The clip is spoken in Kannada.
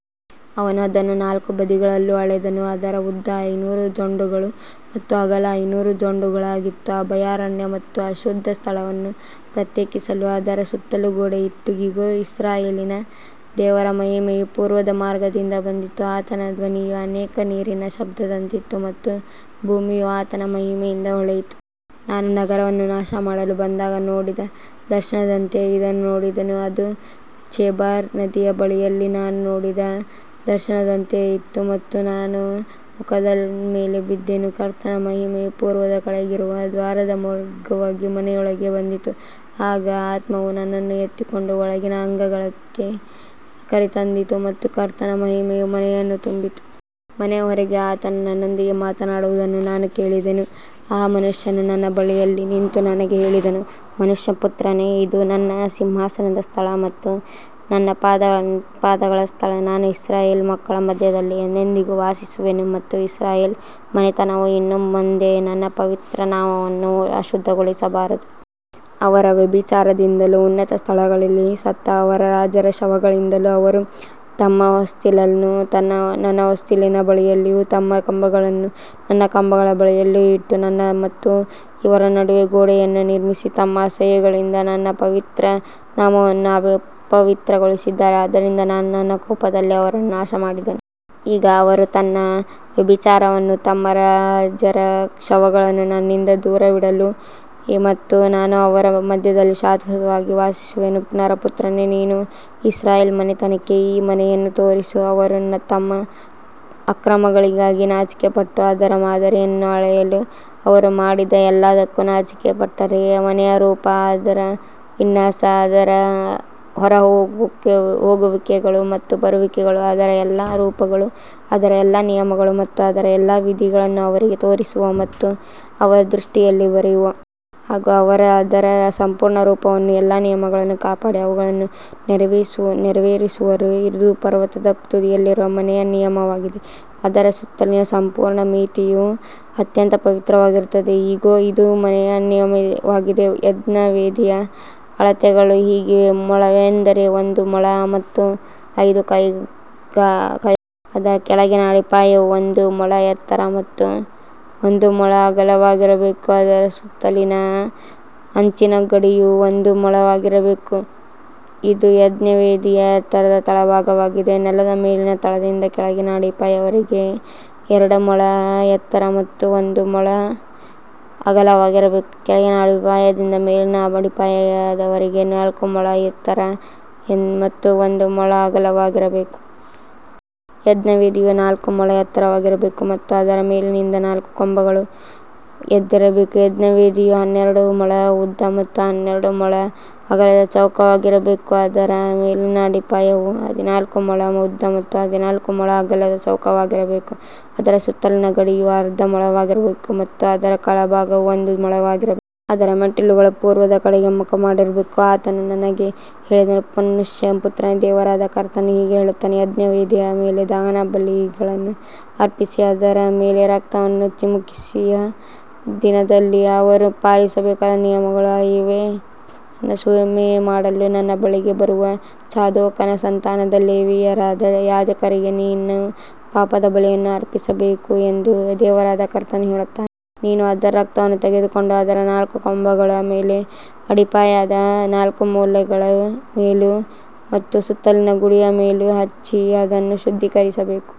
ಅವನು ಅದನ್ನು ನಾಲ್ಕು ಬದಿಗಳಲ್ಲೂ ಅಳೆದನು. ಅದರ ಉದ್ದ ಐನೂರು ಜೊಂಡುಗಳು ಮತ್ತು ಅಗಲ ಐನೂರು ಜೊಂಡುಗಳಾಗಿತ್ತು. ಅಭಯಾರಣ್ಯ ಮತ್ತು ಅಶುದ್ಧ ಸ್ಥಳವನ್ನು ಪ್ರತ್ಯೇಕಿಸಲು ಅದರ ಸುತ್ತಲೂ ಗೋಡೆಯಿತ್ತು. ಇಗೋ, ಇಸ್ರಾಯೇಲಿನ ದೇವರ ಮಹಿಮೆಯು ಪೂರ್ವದ ಮಾರ್ಗದಿಂದ ಬಂದಿತು. ಆತನ ಧ್ವನಿಯು ಅನೇಕ ನೀರಿನ ಶಬ್ದದಂತಿತ್ತು ಮತ್ತು ಭೂಮಿಯು ಆತನ ಮಹಿಮೆಯಿಂದ ಹೊಳೆಯಿತು. ನಾನು ನಗರವನ್ನು ನಾಶಮಾಡಲು ಬಂದಾಗ ನೋಡಿದ ದರ್ಶನದಂತೆಯೇ ಇದನ್ನೂ ನೋಡಿದೆನು. ಅದು ಚೇಬಾರ್ ನದಿಯ ಬಳಿಯಲ್ಲಿ ನಾನು ನೋಡಿದ ದರ್ಶನದಂತೆಯೇ ಇತ್ತು ಮತ್ತು ನಾನು ಮುಖದ ಮೇಲೆ ಬಿದ್ದೆನು. ಕರ್ತನ ಮಹಿಮೆಯು ಪೂರ್ವದ ಕಡೆಗಿರುವ ದ್ವಾರದ ಮಾರ್ಗವಾಗಿ ಮನೆಯೊಳಗೆ ಬಂದಿತು. ಆಗ ಆತ್ಮವು ನನ್ನನ್ನು ಎತ್ತಿಕೊಂಡು ಒಳಗಿನ ಅಂಗಳಕ್ಕೆ ಕರೆತಂದಿತು ಮತ್ತು ಕರ್ತನ ಮಹಿಮೆಯು ಮನೆಯನ್ನು ತುಂಬಿತು. ಮನೆಯ ಹೊರಗೆ ಆತನು ನನ್ನೊಂದಿಗೆ ಮಾತನಾಡುವುದನ್ನು ನಾನು ಕೇಳಿದೆನು. ಆ ಮನುಷ್ಯನು ನನ್ನ ಬಳಿಯಲ್ಲಿ ನಿಂತು ನನಗೆ ಹೇಳಿದನು, ಮನುಷ್ಯಪುತ್ರನೇ, ಇದು ನನ್ನ ಸಿಂಹಾಸನದ ಸ್ಥಳ ಮತ್ತು ನನ್ನ ಪಾದಗಳ ಸ್ಥಳ. ನಾನು ಇಸ್ರಾಯೇಲ್ ಮಕ್ಕಳ ಮಧ್ಯದಲ್ಲಿ ಎಂದೆಂದಿಗೂ ವಾಸಿಸುವೆನು ಮತ್ತು ಇಸ್ರಾಯೇಲ್ ಮನೆತನವು ಇನ್ನು ಮುಂದೆ ನನ್ನ ಪವಿತ್ರ ನಾಮವನ್ನು ಅಶುದ್ಧಗೊಳಿಸಬಾರದು. ಅವರ ವ್ಯಭಿಚಾರದಿಂದಲೂ, ಉನ್ನತ ಸ್ಥಳಗಳಲ್ಲಿ ಸತ್ತ ಅವರ ರಾಜರ ಶವಗಳಿಂದಲೂ, ಅವರು ತಮ್ಮ ಹೊಸ್ತಿಲನ್ನು ನನ್ನ ಹೊಸ್ತಿಲಿನ ಬಳಿಯಲ್ಲಿಯೂ ತಮ್ಮ ಕಂಬಗಳನ್ನು ನನ್ನ ಕಂಬಗಳ ಬಳಿಯಲ್ಲಿಯೂ ಇಟ್ಟು, ನನ್ನ ಮತ್ತು ಅವರ ನಡುವೆ ಗೋಡೆಯನ್ನು ನಿರ್ಮಿಸಿ ತಮ್ಮ ಅಸಹ್ಯಗಳಿಂದ ನನ್ನ ಪವಿತ್ರ ನಾಮವನ್ನು ಅಪವಿತ್ರಗೊಳಿಸಿದ್ದಾರೆ. ಆದ್ದರಿಂದ ನಾನು ನನ್ನ ಕೋಪದಲ್ಲಿ ಅವರನ್ನು ನಾಶಮಾಡಿದೆನು. ಈಗ ಅವರು ತಮ್ಮ ವ್ಯಭಿಚಾರವನ್ನೂ ತಮ್ಮ ರಾಜರ ಶವಗಳನ್ನೂ ನನ್ನಿಂದ ದೂರವಿಡಲಿ ಮತ್ತು ನಾನು ಅವರ ಮಧ್ಯದಲ್ಲಿ ಶಾಶ್ವತವಾಗಿ ವಾಸಿಸುವೆನು. ನರಪುತ್ರನೇ, ನೀನು ಇಸ್ರಾಯೇಲ್ ಮನೆತನಕ್ಕೆ ಈ ಮನೆಯನ್ನು ತೋರಿಸು. ಅವರು ತಮ್ಮ ಅಕ್ರಮಗಳಿಗಾಗಿ ನಾಚಿಕೆಪಟ್ಟು ಅದರ ಮಾದರಿಯನ್ನು ಅಳೆಯಲಿ. ಅವರು ಮಾಡಿದ ಎಲ್ಲದಕ್ಕಾಗಿ ನಾಚಿಕೆಪಟ್ಟರೆ, ಮನೆಯ ರೂಪ, ಅದರ ವಿನ್ಯಾಸ, ಅದರ ಹೊರಹೋಗುವಿಕೆಗಳು ಮತ್ತು ಬರುವಿಕೆಗಳು, ಅದರ ಎಲ್ಲಾ ರೂಪಗಳು, ಅದರ ಎಲ್ಲಾ ನಿಯಮಗಳು ಮತ್ತು ಅದರ ಎಲ್ಲಾ ವಿಧಿಗಳನ್ನು ಅವರಿಗೆ ತೋರಿಸು ಮತ್ತು ಅವರ ದೃಷ್ಟಿಯಲ್ಲಿ ಬರೆಯು. ಆಗ ಅವರು ಅದರ ಸಂಪೂರ್ಣ ರೂಪವನ್ನೂ ಎಲ್ಲಾ ನಿಯಮಗಳನ್ನೂ ಕಾಪಾಡಿ ಅವುಗಳನ್ನು ನೆರವೇರಿಸುವರು. ಇದು ಪರ್ವತದ ತುದಿಯಲ್ಲಿರುವ ಮನೆಯ ನಿಯಮವಾಗಿದೆ. ಅದರ ಸುತ್ತಲಿನ ಸಂಪೂರ್ಣ ಮಿತಿಯು ಅತ್ಯಂತ ಪವಿತ್ರವಾಗಿರುತ್ತದೆ. ಇಗೋ, ಇದು ಮನೆಯ ನಿಯಮವಾಗಿದೆ. ಯಜ್ಞವೇದಿಯ ಅಳತೆಗಳು ಹೀಗಿವೆ. ಮೊಳವೆಂದರೆ ಒಂದು ಮೊಳ ಮತ್ತು ಒಂದು ಕೈ ಅಗಲ. ಅದರ ಕೆಳಗಿನ ಅಡಿಪಾಯವು ಒಂದು ಮೊಳ ಎತ್ತರ ಮತ್ತು ಒಂದು ಮೊಳ ಅಗಲವಾಗಿರಬೇಕು. ಅದರ ಸುತ್ತಲಿನ ಅಂಚಿನ ಗಡಿಯು ಒಂದು ಮೊಳವಾಗಿರಬೇಕು. ಇದು ಯಜ್ಞವೇದಿಯ ಎತ್ತರದ ತಳಭಾಗವಾಗಿದೆ. ನೆಲದ ಮೇಲಿನ ತಳದಿಂದ ಕೆಳಗಿನ ಅಡಿಪಾಯದವರೆಗೆ ಎರಡು ಮೊಳ ಎತ್ತರ ಮತ್ತು ಒಂದು ಮೊಳ ಅಗಲವಾಗಿರಬೇಕು. ಕೆಳಗಿನ ಅಡಿಪಾಯದಿಂದ ಮೇಲಿನ ಅಡಿಪಾಯದವರೆಗೆ ನಾಲ್ಕು ಮೊಳ ಎತ್ತರ ಮತ್ತು ಒಂದು ಮೊಳ ಅಗಲವಾಗಿರಬೇಕು. ಯಜ್ಞವೇದಿಯು ನಾಲ್ಕು ಮೊಳ ಎತ್ತರವಾಗಿರಬೇಕು ಮತ್ತು ಅದರ ಮೇಲಿನಿಂದ ನಾಲ್ಕು ಕೊಂಬುಗಳು ಎದ್ದಿರಬೇಕು. ಯಜ್ಞವೇದಿಯು ಹನ್ನೆರಡು ಮೊಳ ಉದ್ದ ಮತ್ತು ಹನ್ನೆರಡು ಮೊಳ ಅಗಲದ ಚೌಕವಾಗಿರಬೇಕು. ಅದರ ಮೇಲಿನ ಅಡಿಪಾಯವು ಹದಿನಾಲ್ಕು ಮೊಳ ಉದ್ದ ಮತ್ತು ಹದಿನಾಲ್ಕು ಮೊಳ ಅಗಲದ ಚೌಕವಾಗಿರಬೇಕು. ಅದರ ಸುತ್ತಲಿನ ಗಡಿಯು ಅರ್ಧ ಮೊಳವಾಗಿರಬೇಕು ಮತ್ತು ಅದರ ಕೆಳಭಾಗವು ಒಂದು ಮೊಳವಾಗಿರಬೇಕು. ಅದರ ಮೆಟ್ಟಿಲುಗಳು ಪೂರ್ವದ ಕಡೆಗೆ ಮುಖಮಾಡಿರಬೇಕು. ಆತನು ನನಗೆ ಹೇಳಿದನು, ಮನುಷ್ಯಪುತ್ರನೇ, ದೇವರಾದ ಕರ್ತನು ಹೀಗೆ ಹೇಳುತ್ತಾನೆ, ಯಜ್ಞವೇದಿಯ ಮೇಲೆ ದಹನಬಲಿಗಳನ್ನು ಅರ್ಪಿಸಿ ಅದರ ಮೇಲೆ ರಕ್ತವನ್ನು ಚಿಮುಕಿಸುವ ದಿನದಲ್ಲಿ ಅವರು ಪಾಲಿಸಬೇಕಾದ ನಿಯಮಗಳು ಇವೇ. ನನ್ನ ಸೇವೆ ಮಾಡಲು ನನ್ನ ಬಳಿಗೆ ಬರುವ ಚಾದೋಕನ ಸಂತಾನದ ಲೇವಿಯರಾದ ಯಾಜಕರಿಗೆ ನೀನು ಪಾಪದ ಬಲಿಯನ್ನು ಅರ್ಪಿಸಬೇಕು ಎಂದು ದೇವರಾದ ಕರ್ತನು ಹೇಳುತ್ತಾನೆ. ನೀನು ಅದರ ರಕ್ತವನ್ನು ತೆಗೆದುಕೊಂಡು ಅದರ ನಾಲ್ಕು ಕೊಂಬುಗಳ ಮೇಲೂ, ಅಡಿಪಾಯದ ನಾಲ್ಕು ಮೂಲೆಗಳ ಮೇಲೂ ಮತ್ತು ಸುತ್ತಲಿನ ಗಡಿಯ ಮೇಲೂ ಹಚ್ಚಿ ಅದನ್ನು ಶುದ್ಧೀಕರಿಸಬೇಕು.